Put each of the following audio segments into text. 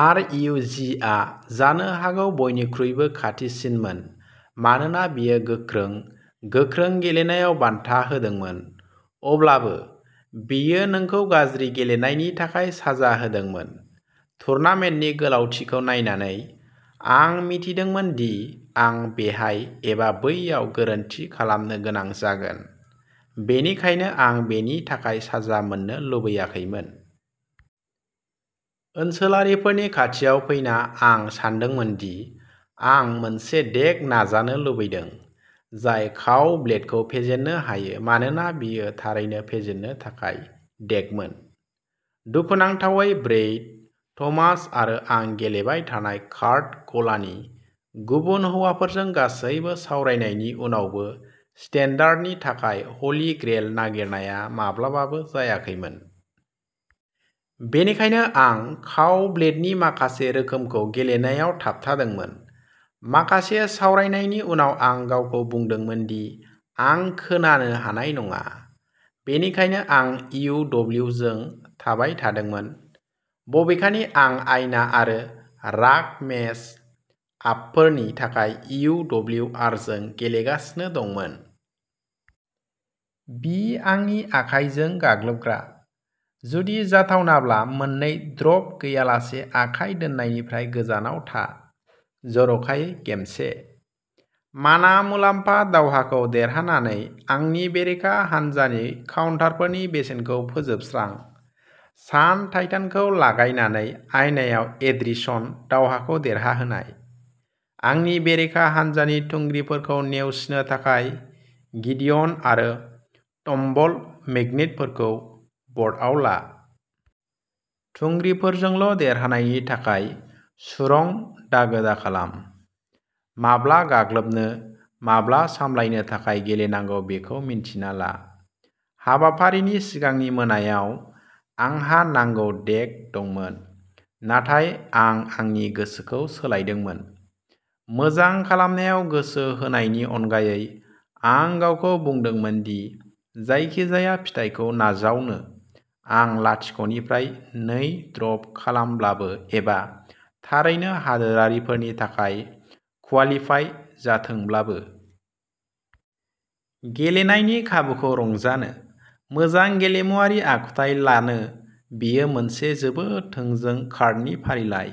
आर U जिआ जानो हागौ बयनिख्रुइबो खाथिसिनमोन मानोना बेयो गोख्रों, गोख्रों गेलेनायाव बान्था होदोंमोन। अब्लाबो, बेयो नोंखौ गाज्रि गेलेनायनि थाखाय साजा होदोंमोन। टुर्नामेन्टनि गोलावथिखौ नायनानै, आं मिथिदोंमोन दि आं बेहाय एबा बैयाव गोरोन्थि खालामनो गोनां जागोन, बेनिखायनो आं बेनि थाखाय साजा मोननो लुबैयाखैमोन। ओनसोलारिफोरनि खाथियाव फैना आं सानदोंमोन दि आं मोनसे डेक नाजानो लुबैदों जाय काव-ब्लेडखौ फेजेननो हायो मानोना बेयो थारैनो फेजेननो थाखाय डेकमोन। दुखुनांथावै, ब्रैड, थमास आरो आं गेलेबाय थानाय कार्ड गलानि गुबुन हौवाफोरजों गासैबो सावरायनायनि उनावबो स्टान्डार्डनि थाखाय हलि ग्रेइल नागिरनाया माब्लाबाबो जायाखैमोन। बेनिखायनो आं काव-ब्लेडनि माखासे रोखोमखौ गेलेनायाव थाबथादोंमोन। माखासे सावरायनायनि उनाव आं गावखौ बुंदोंमोन दि आं खोनानो हानाय नङा, बेनिखायनो आं इउ डब्लिउ जों थाबाय थादोंमोन, बबेखानि आं आयना आरो राग मेच-आपफोरनि थाखाय इउ डब्लिउ आर जों गेलेगासिनो दंमोन। बि आंनि आखाइजों गाग्लोबग्रा। जुदि जाथावनाब्ला मोननै ड्रप गैयालासे आखाइ दोननायनिफ्राय गोजानाव था, जर'खायै गेमसे। माना मुलाम्फा दावहाखौ देरहानानै आंनि बेरेखा हान्जानि काउन्टारफोरनि बेसेनखौ फोजोबस्रां। सान टाइटानखौ लागायनानै आयनायाव एट्रिशन दावहाखौ देरहाहोनाय। आंनि बेरेखा हान्जानि थुंग्रिफोरखौ नेवसिनो थाखाय गिडिय'न आरो टम्बल मैग्नेटफोरखौ बर्डआव ला। थुंग्रिफोरजोंल' देरहानायनि थाखाय सुरंग दागो दाखालाम। माब्ला गाग्लोबनो, माब्ला सामलायनो थाखाय गेलेनांगौ बेखौ मिन्थिना ला। हाबाफारिनि सिगांनि मोनायाव, आंहा नांगौ डेक दंमोन। नाथाय आं आंनि गोसोखौ सोलायदोंमोन। मोजां खालामनायाव गोसो होनायनि अनगायै, आं गावखौ बुंदोंमोन दि जायखिजाया फिथायखौ नाजावनो, आं लाथिख' निफ्राय नै ड्रप खालामब्लाबो एबा थारैनो हादोरारिफोरनि थाखाय कुवालिपाइ जाथोंब्लाबो। गेलेनायनि खाबुखौ रंजानो, मोजां गेलेमुआरि आखुथाय लानो बेयो मोनसे जोबोद थोंजों कार्डनि फारिलाइ।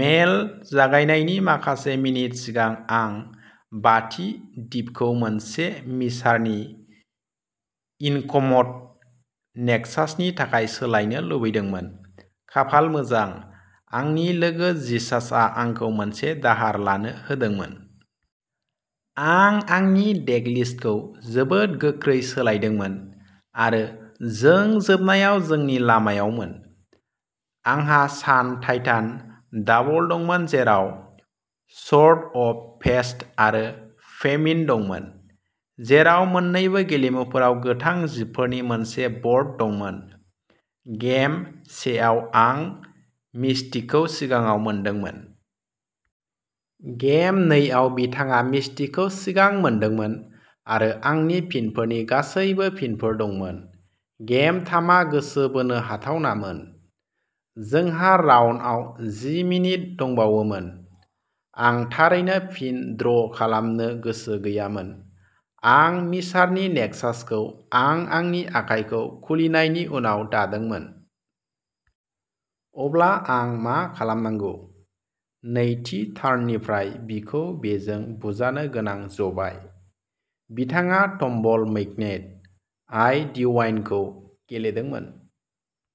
मेल जागायनायनि माखासे मिनिट सिगां आं बाथि दिपखौ मोनसे मिसारनि इनकमथ नेक्सासनि थाखाय सोलायनो लुबैदोंमोन। खाफाल मोजां, आंनि लोगो जिसासआ आंखौ मोनसे दाहार लानो होदोंमोन। आं आंनि देकलिस्टखौ जोबोद गोख्रै सोलायदोंमोन आरो जों जोबनायाव जोंनि लामायावमोन। आंहा सान टाइटान डाबल दंमोन, जेराव स्वर्ड अफ फेस्ट आरो फेमिन दंमोन, जेराव मोन्नैबो गेलेमुफोराव गोथां जिबफोरनि मोनसे बर्ड दंमोन। गेम सेआव आं मिस्टिकखौ सिगाङाव मोनदोंमोन। गेम नैआव बिथाङा मिस्टिकखौ सिगां मोनदोंमोन आरो आंनि फिनफोरनि गासैबो फिनफोर दंमोन। गेम थामआ गोसो बोनो हाथावनामोन। जोंहा राउन्डआव जि मिनिट दंबावोमोन। आं थारैनो फिन ड्र खालामनो गोसो गैयामोन। आं मिसारनि नेक्सासखौ आं आंनि आखाइखौ खुलिनायनि उनाव दादोंमोन। अब्ला आं मा खालामनांगौ? नैथि टार्ननिफ्राय बिखौ बेजों बुजानो गोनां जबाय। बिथाङा टम्बल मैग्नेट, आइ डिवाइनखौ गेलेदोंमोन।